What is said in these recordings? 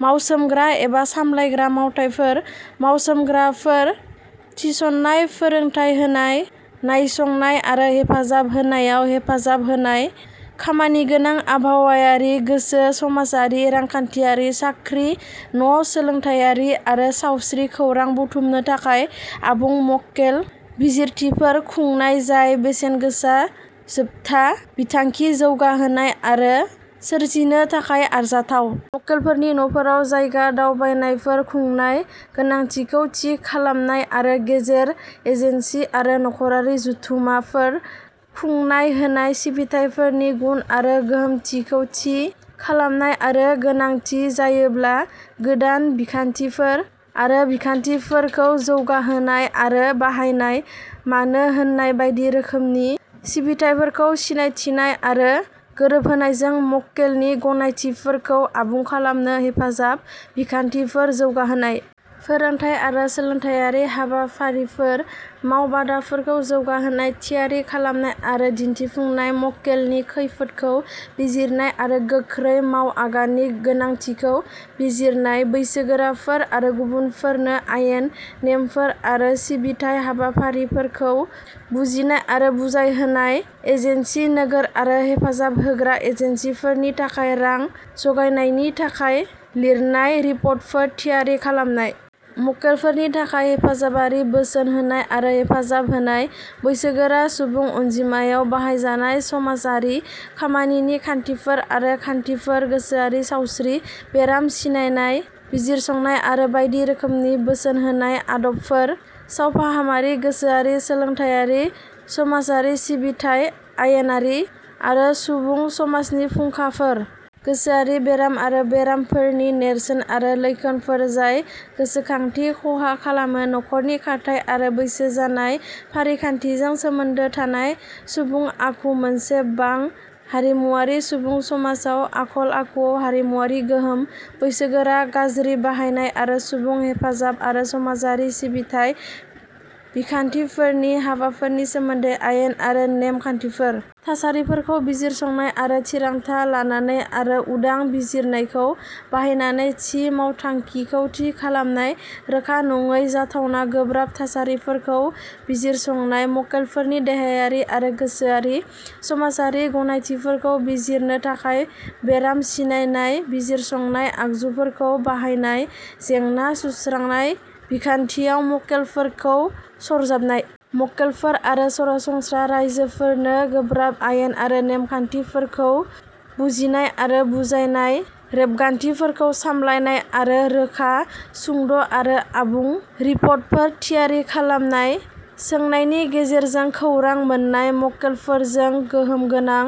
मावसोमग्रा एबा सामलायग्रा मावथायफोर। मावसोमग्राफोर थिसननाय, फोरोंथाय होनाय, नायसंनाय आरो हेफाजाब होनायाव हेफाजाब होनाय। खामानिगोनां, आबहावायारि, गोसो-समाजारि, रांखान्थियारि, साख्रि, न ', सोलोंथायारि आरो सावस्रि खौरां बुथुमनो थाखाय आबुं मक्केल बिजिरथिफोर खुंनाय, जाय बेसेनगोसा जोबथा बिथांखि जौगाहोनाय आरो सोरजिनो थाखाय आरजाथाव। मक्केलफोरनि न'फोराव जायगा दावबायनायफोर खुंनाय, गोनांथिखौ थि खालामनाय आरो गेजेर-एजेन्सि आरो नखरारि जुथुम्माफोर खुंनाय। होनाय सिबिथाइफोरनि गुन आरो गोहोमथिखौ थि खालामनाय आरो गोनांथि जायोब्ला, गोदान बिखान्थिफोर आरो बिखान्थिफोरखौ जौगाहोनाय आरो बाहायनाय। मानो होननाय बायदि रोखोमनि सिबिथाइफोरखौ सिनायथिनाय आरो गोरोबहोनायजों मक्केलनि गनायथिफोरखौ आबुं खालामनो हेफाजाब बिखान्थिफोर जौगाहोनाय। फोरोंथाय आरो सोलोंथायारि हाबाफारिफोर मावबादाफोरखौ जौगाहोनाय, थियारि खालामनाय आरो दिन्थिफुंनाय। मक्केलनि खैफोदखौ बिजिरनाय आरो गोख्रै मावआगाननि गोनांथिखौ बिजिरनाय। बैसोगोराफोर आरो गुबुनफोरनो आयेन, नेमफोर आरो सिबिथाइ हाबाफारिफोरखौ बुजिनाय आरो बुजायहोनाय। एजेन्सि, नोगोर आरो हेफाजाब होग्रा एजेन्सिफोरनि थाखाय रां जगायनायनि थाखाय लिरनाय रिपर्टफोर थियारि खालामनाय। मक्केलफोरनि थाखाय हेफाजाबारि बोसोन होनाय आरो हेफाजाब होनाय। बैसोगोरा सुबुं अनजिमायाव बाहायजानाय समाजारि खामानिनि खान्थिफोर आरो खान्थिफोर गोसोआरि सावस्रि, बेराम सिनायनाय बिजिरसंनाय आरो बायदि रोखोमनि बोसोन होनाय आदबफोर। सावफाहामारि, गोसोआरि, सोलोंथायारि, समाजारि सिबिथाइ, आयेनारि आरो सुबुं समाजनि फुंखाफोर। गोसोआरि बेराम आरो बेरामफोरनि नेरसोन आरो लैखोनफोर जाय गोसोखांथि खहा खालामो; नखरनि खारथाइ, आरो बैसो जानाय फारिखान्थिजों सोमोन्दो थानाय सुबुं आखु। मोनसे बां-हारिमुआरि सुबुं समाजाव आखल-आखुआव हारिमुआरि गोहोम। बैसोगोरा गाज्रि बाहायनाय आरो सुबुं हेफाजाब आरो समाजारि सिबिथाइ बिखान्थिफोरनि हाबाफोरनि सोमोन्दै आयेन आरो नेम-खान्थिफोर। थासारिफोरखौ बिजिरसंनाय आरो थिरांथा लानानै आरो उदां बिजिरनायखौ बाहायनानै थि मावखान्थिखौ थि खालामनाय। रोखा नङै, जाथावना गोब्राब थासारिफोरखौ बिजिरसंनाय; मक्केलफोरनि देहायारि आरो गोसोआरि समाजारि गनायथिफोरखौ बिजिरनो थाखाय बेराम सिनायनाय, बिजिरसंनाय, आगजुफोरखौ बाहायनाय, जेंना सुस्रांनाय बिखान्थियाव मक्केलफोरखौ सरजाबनाय। मक्केलफोर आरो सरासनस्रा राइजोफोरनो गोब्राब आयेन आरो नेमखान्थिफोरखौ बुजिनाय आरो बुजायनाय। रेबगान्थिफोरखौ सामलायनाय आरो रोखा, सुंद'आरो आबुं रिपर्टफोर थियारि खालामनाय, सोंनायनि गेजेरजों खौरां मोन्नाय; मक्केलफोरजों गोहोमगोनां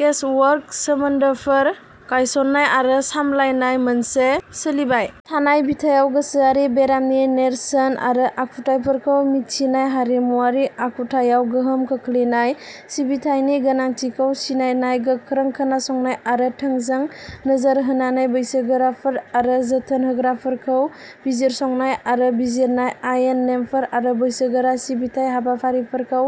केसवर्क सोमोन्दोफोर गायसन्नाय आरो सामलायनाय मोनसे सोलिबाय। थानाय बिथायाव गोसोआरि बेरामनि नेरसोन आरो आखुथाइफोरखौ मिन्थिनाय; हारिमुआरि आखुथाइआव गोहोम खोख्लैनाय; सिबिथायनि गोनांथिखौ सिनायनाय; गोख्रों खोनासंनाय आरो थोंजों नोजोर होनानै बैसोगोराफोर आरो जोथोन होग्राफोरखौ बिजिरसंनाय आरो बिजिरनाय; आयेन, नेमफोर आरो बैसोगोरा सिबिथाइ हाबाफारिफोरखौ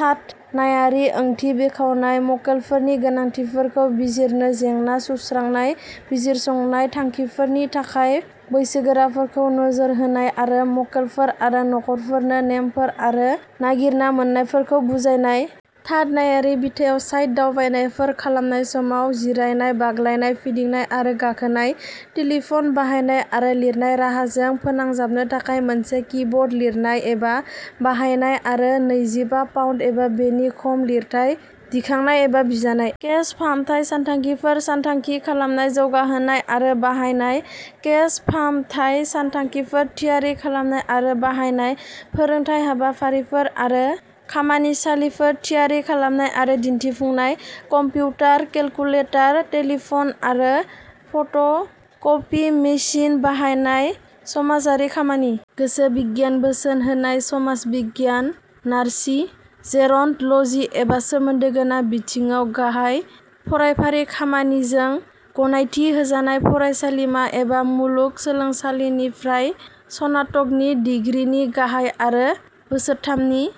थाद नायारि ओंथि बेखेवनाय; मक्केलफोरनि गोनांथिफोरखौ बिजिरनो जेंना सुस्रांनाय; बिजिरसंनाय थांखिफोरनि थाखाय बैसोगोराफोरखौ नोजोर होनाय; आरो मक्केलफोर आरो नखरफोरनो नेमफोर आरो नागिरना मोन्नायफोरखौ बुजायनाय। थाद नायारि बिथायाव साइट दावबायनायफोर खालामनाय समाव जिरायनाय, बाग्लायनाय, फिदिंनाय आरो गाखोनाय, टेलिफन बाहायनाय, आरो लिरनाय राहाजों फोनांजाबनो थाखाय मोनसे की बर्ड लिरनाय एबा बाहायनाय आरो नैजिबा पाउन्द एबा बेनि खम लिरथाय दिखांनाय एबा बिजानाय। केस फाहामथाय सानथांखिफोर सानथांखि खालामनाय, जौगाहोनाय, आरो बाहायनाय। केस फाहामथाय सानथांखिफोर थियारि खालामनाय आरो बाहायनाय। फोरोंथाय हाबाफारिफोर आरो खामानिसालिफोर थियारि खालामनाय आरो दिन्थिफुंनाय। कम्पिउटार, केलकुलेटर, टेलिफन आरो फट कपि मेसिन बाहायनाय समाजारि खामानि। गोसो बिगियान, बोसोन होनाय, समाज बिगियान, नार्सि, जेरन्टलजि एबा सोमोन्दो गोनां बिथिङाव गाहाय फरायफारि खामानिजों गनायथि होजानाय फरायसालिमा एबा मुलुग सोलोंसालिनिफ्राय सनातकनि डिग्रीनि गोहो आरो बोसोरथामनि --